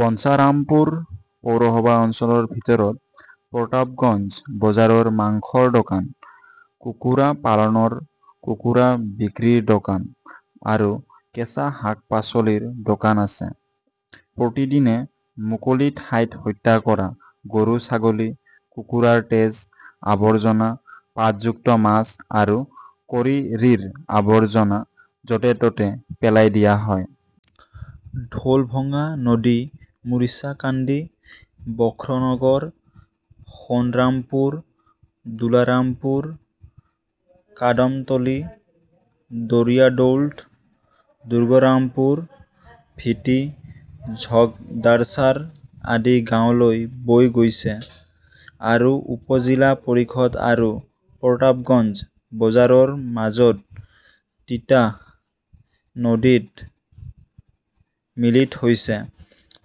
বনচাৰামপুৰ পৌৰসভা অঞ্চলৰ ভিতৰত প্ৰতাপগঞ্জ বজাৰৰ মাংসৰ দোকান, কুকুৰা পালনৰ কুকুৰা বিক্ৰীৰ দোকান আৰু কেঁচা শাক-পাচলিৰ দোকান আছে। প্ৰতিদিনে মুকলি ঠাইত হত্যা কৰা গৰু-ছাগলী, কুকুৰাৰ তেজ, আৱৰ্জনা, পাতযুক্ত মাছ আৰু কৰিৰিৰ আৱৰ্জনা য'তে -ত'তে পেলাই দিয়া হয়। ঢোলভঙ্গা নদী মুৰিচাকাণ্ডি, বখ্ৰনগৰ, সোণৰামপুৰ, দুলাৰামপুৰ, কাদমতলী, দৰিয়াদৌল্ট, দুৰ্গৰামপুৰ, ভিটিঝগডাৰচাৰ আদি গাঁৱলৈ বৈ গৈছে আৰু উপ-জিলা পৰিষদ আৰু প্ৰতাপগঞ্জ বজাৰৰ মাজত তিতাস নদীত মিলিত হৈছে।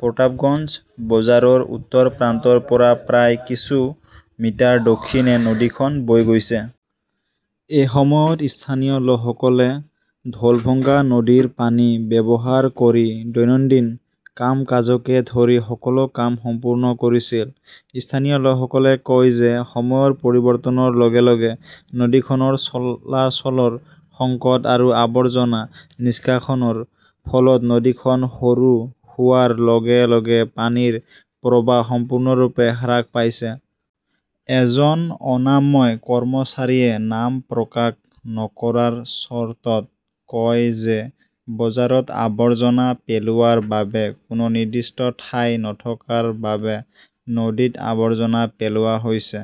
প্ৰতাপগঞ্জ বজাৰৰ উত্তৰ প্ৰান্তৰ পৰা প্ৰায় কিছু মিটাৰ দক্ষিণে নদীখন বৈ গৈছে। এসময়ত স্থানীয় লোকসকলে ঢোলভঙ্গা নদীৰ পানী ব্যৱহাৰ কৰি দৈনন্দিন কাম-কাজকে ধৰি সকলো কাম সম্পূৰ্ণ কৰিছিল। স্থানীয় লোকসকলে কয় যে সময়ৰ পৰিৱৰ্তনৰ লগে লগে নদীখনৰ চলাচলৰ সংকট আৰু আৱৰ্জনা নিষ্কাশনৰ ফলত নদীখন সৰু হোৱাৰ লগে লগে পানীৰ প্ৰৱাহ সম্পূৰ্ণৰূপে হ্ৰাস পাইছে। এজন অনাময় কৰ্মচাৰীয়ে নাম প্ৰকাশ নকৰাৰ চৰ্তত কয় যে বজাৰত আৱৰ্জনা পেলোৱাৰ বাবে কোনো নিৰ্দিষ্ট ঠাই নথকাৰ বাবে নদীত আৱৰ্জনা পেলোৱা হৈছে।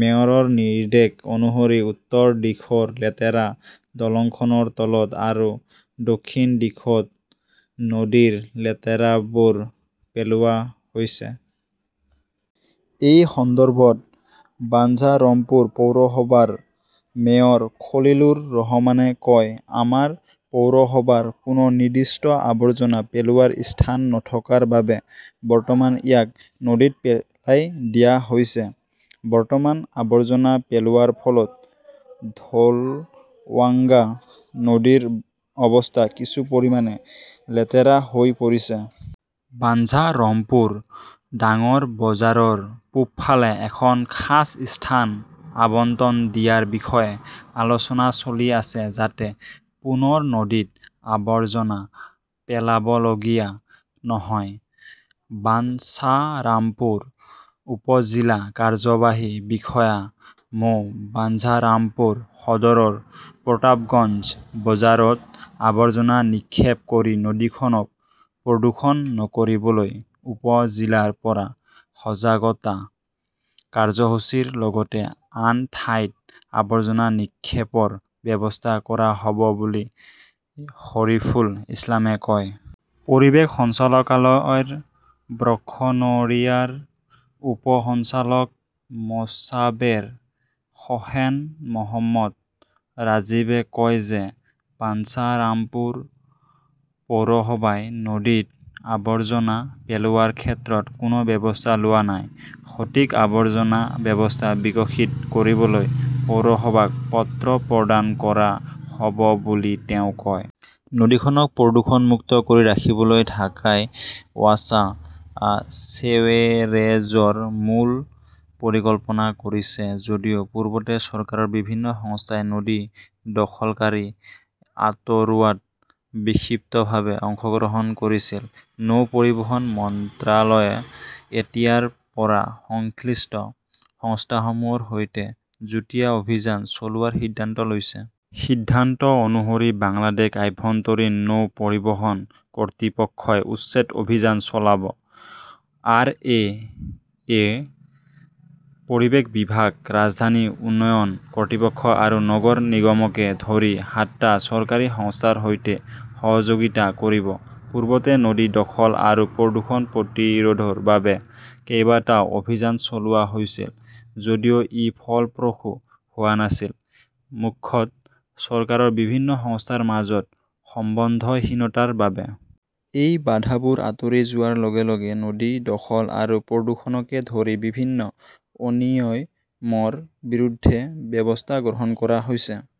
মেয়ৰৰ নিৰ্দেশ অনুসৰি উত্তৰ দিশৰ লেতেৰা দলংখনৰ তলত আৰু দক্ষিণ দিশত নদীৰ লেতেৰাবোৰ পেলোৱা হৈছে। এই সন্দৰ্ভত বাঞ্চাৰমপুৰ পৌৰসভাৰ মেয়ৰ খলিলুৰ ৰহমানে কয়, আমাৰ পৌৰসভাৰ কোনো নিৰ্দিষ্ট আৱৰ্জনা পেলোৱাৰ স্থান নথকাৰ বাবে বৰ্তমান ইয়াক নদীত পেলাই দিয়া হৈছে। বৰ্তমান, আৱৰ্জনা পেলোৱাৰ ফলত ঢোলৱাংগা নদীৰ অৱস্থা কিছু পৰিমাণে লেতেৰা হৈ পৰিছে। বাঞ্চাৰমপুৰ ডাঙৰ বজাৰৰ পূবফালে এখন খাছ স্থান আবণ্টন দিয়াৰ বিষয়ে আলোচনা চলি আছে যাতে পুনৰ নদীত আৱৰ্জনা পেলাবলগীয়া নহয়। বানচাৰামপুৰ উপ-জিলা কাৰ্যবাহী বিষয়া মো. বাঞ্চাৰামপুৰ সদৰৰ প্ৰতাবগঞ্জ বজাৰত আৱৰ্জনা নিক্ষেপ কৰি নদীখনক প্ৰদূষণ নকৰিবলৈ উপ-জিলাৰ পৰা সজাগতা কাৰ্যসূচীৰ লগতে আন ঠাইত আৱৰ্জনা নিক্ষেপৰ ব্যৱস্থা কৰা হ "ব বুলি শৰীফুল ইছলামে কয়। পৰিৱেশ সঞ্চালকালয়ৰ ব্ৰহ্মনৰিয়াৰ উপ সঞ্চালক মোছাবেৰ হোসেন মহম্মদ ৰাজীবে কয় যে বাঞ্চাৰামপুৰ পৌৰসভাই নদীত আৱৰ্জনা পেলোৱাৰ ক্ষেত্ৰত কোনো ব্যৱস্থা লোৱা নাই। সঠিক আৱৰ্জনা ব্যৱস্থা বিকশিত কৰিবলৈ পৌৰসভাক পত্ৰ প্ৰদান কৰা হ'ব বুলি তেওঁ কয়। নদীখনক প্ৰদূষণমুক্ত কৰি ৰাখিবলৈ ঢাকাই ৱাছা ছেৱেৰেজৰ মূল পৰিকল্পনা কৰিছে যদিও পূৰ্বতে চৰকাৰৰ বিভিন্ন সংস্থাই নদী দখলকাৰী আঁতৰোৱাত বিক্ষিপ্তভাৱে অংশগ্ৰহণ কৰিছিল, নৌ পৰিবহণ মন্ত্ৰালয়ে এতিয়াৰ পৰা সংশ্লিষ্ট সংস্থাসমূহৰ সৈতে যুটীয়া অভিযান চলোৱাৰ সিদ্ধান্ত লৈছে। সিদ্ধান্ত অনুসৰি বাংলাদেশ আভ্যন্তৰীণ নৌ পৰিবহণ কৰ্তৃপক্ষই উচ্ছেদ অভিযান চলাব। আৰ. এ. -য়ে পৰিৱেশ বিভাগ, ৰাজধানী উন্নয়ন কৰ্তৃপক্ষ আৰু নগৰ নিগমকে ধৰি সাতটা চৰকাৰী সংস্থাৰ সৈতে সহযোগিতা কৰিব। পূৰ্বতে নদী দখল আৰু প্ৰদূষণ প্ৰতিৰোধৰ বাবে কেইবাটাও অভিযান চলোৱা হৈছিল যদিও ই ফলপ্ৰসূ হোৱা নাছিল, মুখ্যতঃ চৰকাৰৰ বিভিন্ন সংস্থাৰ মাজত সমন্বয়হীনতাৰ বাবে। এই বাধাবোৰ আঁতৰি যোৱাৰ লগে লগে নদী দখল আৰু প্ৰদূষণকে ধৰি বিভিন্ন অনিয়মৰ বিৰুদ্ধে ব্যৱস্থা গ্ৰহণ কৰা হৈছে।